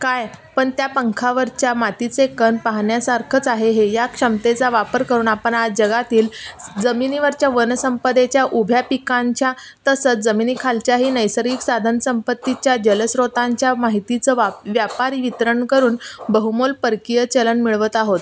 काय, पण त्या पंखावरच्या मातीचे कण पाहण्यासारखंच आहे हे! या क्षमतेचा वापर करून आपण आज जगातील जमिनीवरच्या वनसंपदेच्या, उभ्या पिकांच्या तसंच जमिनीखालच्याही नैसर्गिक साधनसंपत्तीच्या, जलस्रोतांच्या, माहितीचं व्यापारी वितरण करून बहुमोल परकीय चलन मिळवत आहोत.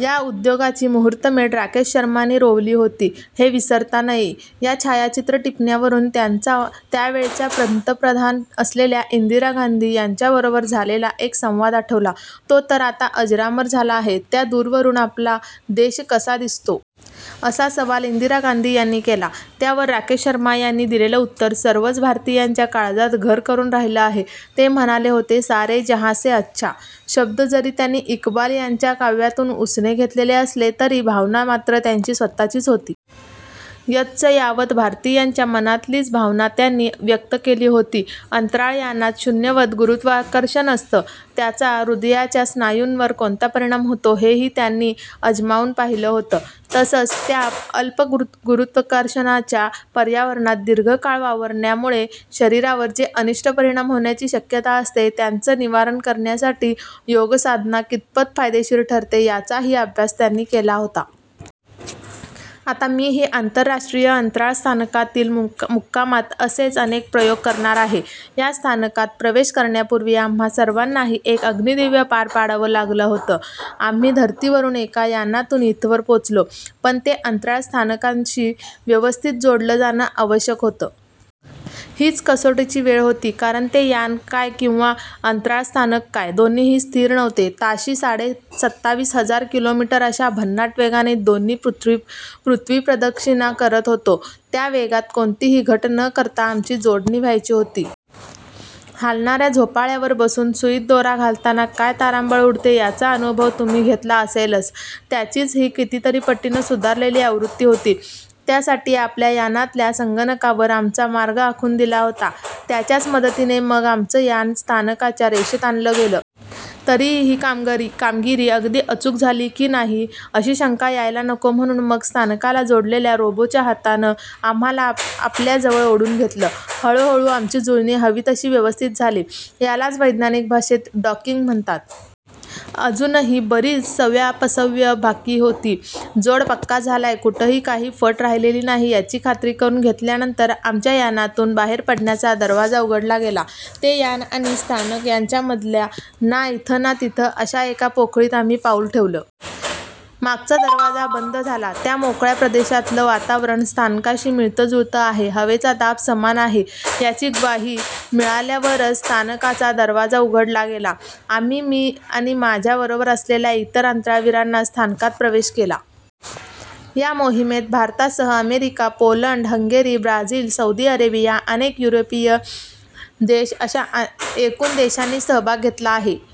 या उद्योगाची मुहूर्तमेढ राकेश शर्मांनी रोवली होती, हे विसरता नये. या छायाचित्रं टिपण्यावरून त्यांचा त्यावेळच्या पंतप्रधान असलेल्या इंदिरा गांधी यांच्याबरोबर झालेला एक संवाद आठवला. तो तर आता अजरामर झाला आहे. 'त्या दूरवरून आपला देश कसा दिसतो? ' असा सवाल इंदिरा गांधी यांनी केला. त्यावर राकेश शर्मा यांनी दिलेलं उत्तर सर्वच भारतीयांच्या काळजात घर करून राहिलं आहे. ते म्हणाले होते, ̔सारे जहाँसे अच्छा!. शब्द जरी त्यांनी इक्बाल यांच्या काव्यातून उसने घेतलेले असले, तरी भावना मात्र त्यांची स्वतःचीच होती. यच्चयावत भारतीयांच्या मनातलीच भावना त्यांनी व्यक्त केली होती. अंतराळयानात शून्यवत गुरुत्त्वाकर्षण असतं. त्याचा हृदयाच्या स्नायूंवर कोणता परिणाम होतो, हेही त्यांनी अजमावून पाहिलं होतं. तसंच त्या अल्प गुरुत्त्वाकर्षणाच्या पर्यावरणात दीर्घ काळ वावरण्यामुळे शरीरावर जे अनिष्ट परिणाम होण्याची शक्यता असते, त्यांचं निवारण करण्यासाठी योगसाधना कितपत फायदेशीर ठरते, याचाही अभ्यास त्यांनी केला होता. आता मीही आंतरराष्ट्रीय अंतराळ स्थानकातील मुक्कामात असेच अनेक प्रयोग करणार आहे. या स्थानकात प्रवेश करण्यापूर्वी आम्हा सर्वांनाही एक अग्निदिव्य पार पाडावं लागलं होतं. आम्ही धरतीवरून एका यानातून इथवर पोचलो. पण ते अंतराळस्थानकाशी व्यवस्थित जोडलं जाणं आवश्यक होतं. हीच कसोटीची वेळ होती. कारण ते यान काय किंवा अंतराळस्थानक काय, दोन्हीही स्थिर नव्हते. ताशी साडेसत्तावीस हजार किलोमीटर अशा भन्नाट वेगाने दोन्ही पृथ्वीप्रदक्षिणा करत होतो. त्या वेगात कोणतीही घट न करता आमची जोडणी व्हायची होती. हालणाऱ्या झोपाळ्यावर बसून सुईत दोरा घालताना काय तारांबळ उडते, याचा अनुभव तुम्ही घेतला असेलच. त्याचीच ही कितीतरी पटीनं सुधारलेली आवृत्ती होती. त्यासाठी आमच्या यानातल्या संगणकावर आमचा मार्ग आखून दिला होता. त्याच्याच मदतीनं मग आमचं यान स्थानकाच्या रेषेत आणलं गेलं. तरीही ही कामगिरी अगदी अचूक झाली की नाही, अशी शंका यायला नको म्हणून मग स्थानकाला जोडलेल्या रोबोच्या हातानं आम्हांला आपल्या जवळ ओढून घेतलं. हळूहळू आमची जुळणी हवी तशी व्यवस्थित झाली. यालाच वैज्ञानिक भाषेत 'डॉकिंग' म्हणतात. अजूनही बरीच सव्यापसव्य बाकी होती. जोड पक्का झालाय, कुठंही काही फट राहिलेली नाही, याची खात्री करून घेतल्यानंतर आमच्या यानातून बाहेर पडण्याचा दरवाजा उघडला गेला. ते यान आणि स्थानक यांच्यामधल्या ना इथं ना तिथं अशा एका पोकळीत आम्ही पाऊल ठेवलं. मागचा दरवाजा बंद झाला. त्या मोकळ्या प्रदेशातलं वातावरण स्थानकाशी मिळतं जुळतं आहे, हवेचा दाब समान आहे, याची ग्वाही मिळाल्यावरच स्थानकाचा दरवाजा उघडला गेला. आम्ही, मी आणि माझ्या बरोबर असलेल्या इतर अंतराळवीरांनी स्थानकात प्रवेश केला. या मोहिमेत भारतासह America, Poland, Hungary, Brazil, Saudi Arabia, अनेक युरोपीय देश अशा एकूण देशांनी सहभाग घेतला आहे.